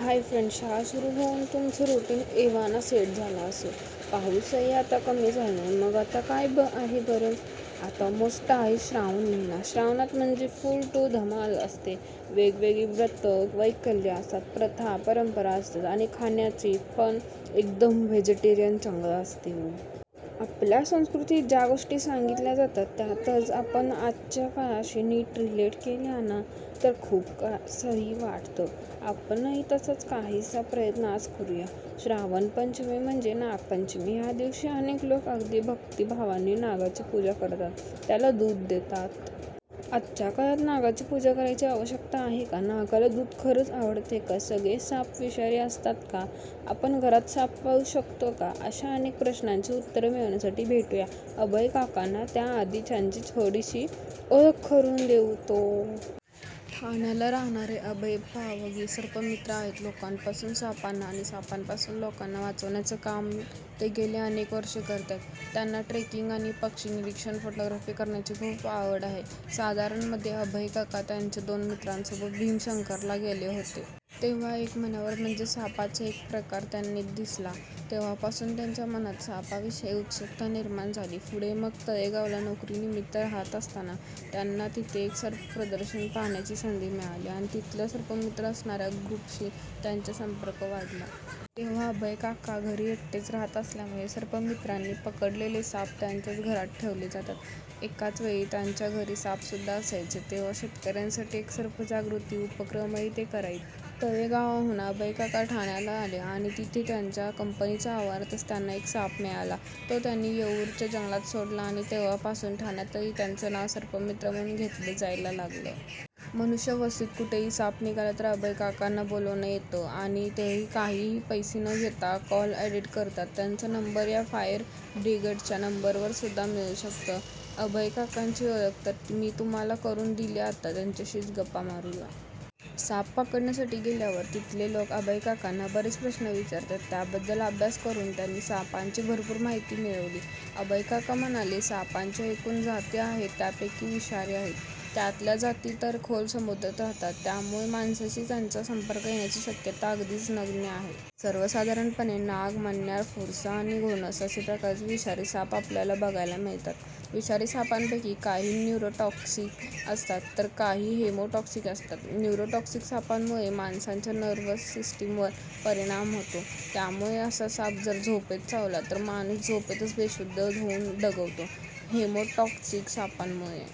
हाय friends! शाळा सुरु होऊन तुमचं रुटीन एव्हाना सेट झालं असेल. पाऊसही आता कमी झालाय. मग आता काय आहे बरं? आता मोस्ट आहे श्रावण महिना! श्रावणात म्हणजे फुल टू धमाल असते. वेग वेगळी व्रतं वैकल्य असतात, प्रथा परंपरा असतात आणि खाण्याची पण एकदम व्हेजिटेरियन चंगळ असते. आपल्या संस्कृतीत ज्या गोष्टी सांगितल्या जातात त्या जर आपण आजच्या काळाशी नीट रिलेट केल्या ना, तर खूप सही वाटतं. आपणही तसाच काहीसा प्रयत्न आज करूया. श्रावण पंचमी म्हणजे नाग पंचमी. या दिवशी अनेक लोक अगदी भक्तीभावाने नागाची पूजा करतात, त्याला दूध देतात. आजच्या काळात नागाची पूजा करायची आवश्यकता आहे का? नागाला दूध खरंच आवडतं का? सगळेच साप विषारी असतात का? आपण घरात साप पाळू शकतो का? अशा अनेक प्रश्नांची उत्तरं मिळवण्यासाठी भेटूया अभय काकांना. त्या आधी त्यांची थोडीशी ओळख करून देते. ठाण्याला राहणारे अभय पावगी सर्पमित्र आहेत. लोकांपासून सापांना आणि सापांपासून लोकांना वाचवण्याचं काम ते गेली अनेक वर्षं करतायत. त्यांना ट्रेकिंग, आणि पक्षी -निरीक्षण, फोटोग्राफी करण्याची खूप आवड आहे. साधारण मध्ये अभयकाका त्यांच्या दोन मित्रांसोबत भीमाशंकरला गेले होते. तेव्हा एक मण्यार म्हणजे सापाचा एक प्रकार त्यांना दिसली. तेव्हापासून त्यांच्या मनात सापां विषयी उत्सुकता निर्माण झाली. पुढे मग तळेगावला नोकरी निमित्त राहत असताना त्यांना तिथे एक सर्प प्रदर्शन पाहण्याची संधी मिळाली आणि तिथल्या सर्पमित्र असणाऱ्या ग्रुपशी त्यांचा संपर्क वाढला. तेव्हा अभय काका घरी एकटेच राहत असल्यामुळे सर्पमित्रांनी पकडलेले साप त्यांच्याच घरात ठेवले जात. एकाच वेळी त्यांच्या घरी साप सुद्धा असायचे! तेव्हा शेतकऱ्यांसाठी एक सर्प जागृती उपक्रमही ते करयचे. तळेगावहून अभयकाका ठाण्याला आले आणि तिथे त्यांच्या कंपनीच्या आवारातच त्यांना एक साप मिळाला, तो त्यांनी येऊरच्या जंगलात सोडला आणि तेव्हा पासून ठाण्यातही त्यांचं नाव सर्पमित्र म्हणून घेतलं जायला लागलं. मनुष्य वस्तीत कुठेही साप निघाला तर अभय काकांना बोलावणं येतं आणि तेही काहीही पैसे न घेता कॉल अटेंड करतात. त्यांचा नंबर या फायर ब्रिगेडच्या नंबरवर सुद्धा मिळू शकतो. अभय काकांची ओळख तर मी तुम्हाला करून दिली, आता त्यांच्याशीच गप्पा करूया. साप पकडण्यासाठी गेल्यावर तिथले लोक अभयकाकांना बरेच प्रश्न विचारात. त्याबद्दल अभ्यास करून त्यांनी सापांची भरपूर माहिती मिळवली. अभयकाका म्हणाले, सापांच्या एकूण जाती आहेत. त्यापैकी विषारी आहेत. त्यातल्या जाती तर खोल समुद्रात राहतात. त्यामुळे माणसांशी त्यांचा संपर्क येण्याची शक्यता अगदीच नगण्य असते. सर्वसाधारणपणे नाग, मण्यार, फुरसं आणि घोणस असे प्रकारचे विषारी साप आपल्याला बघायला मिळतात. विषारी सापांपैकी काही न्युरो टॉक्सिक असतात तर काही हेमो टॉक्सिक असतात. न्युरो टॉक्सिक सापांमुळे माणसाच्या नर्व्हस सिस्टीमवर परिणाम होतो. त्यामुळे असा साप जर झोपेत चावला तर माणूस झोपेतच बेशुद्ध होऊन दगावतो. Haemo toxic सापांमुळे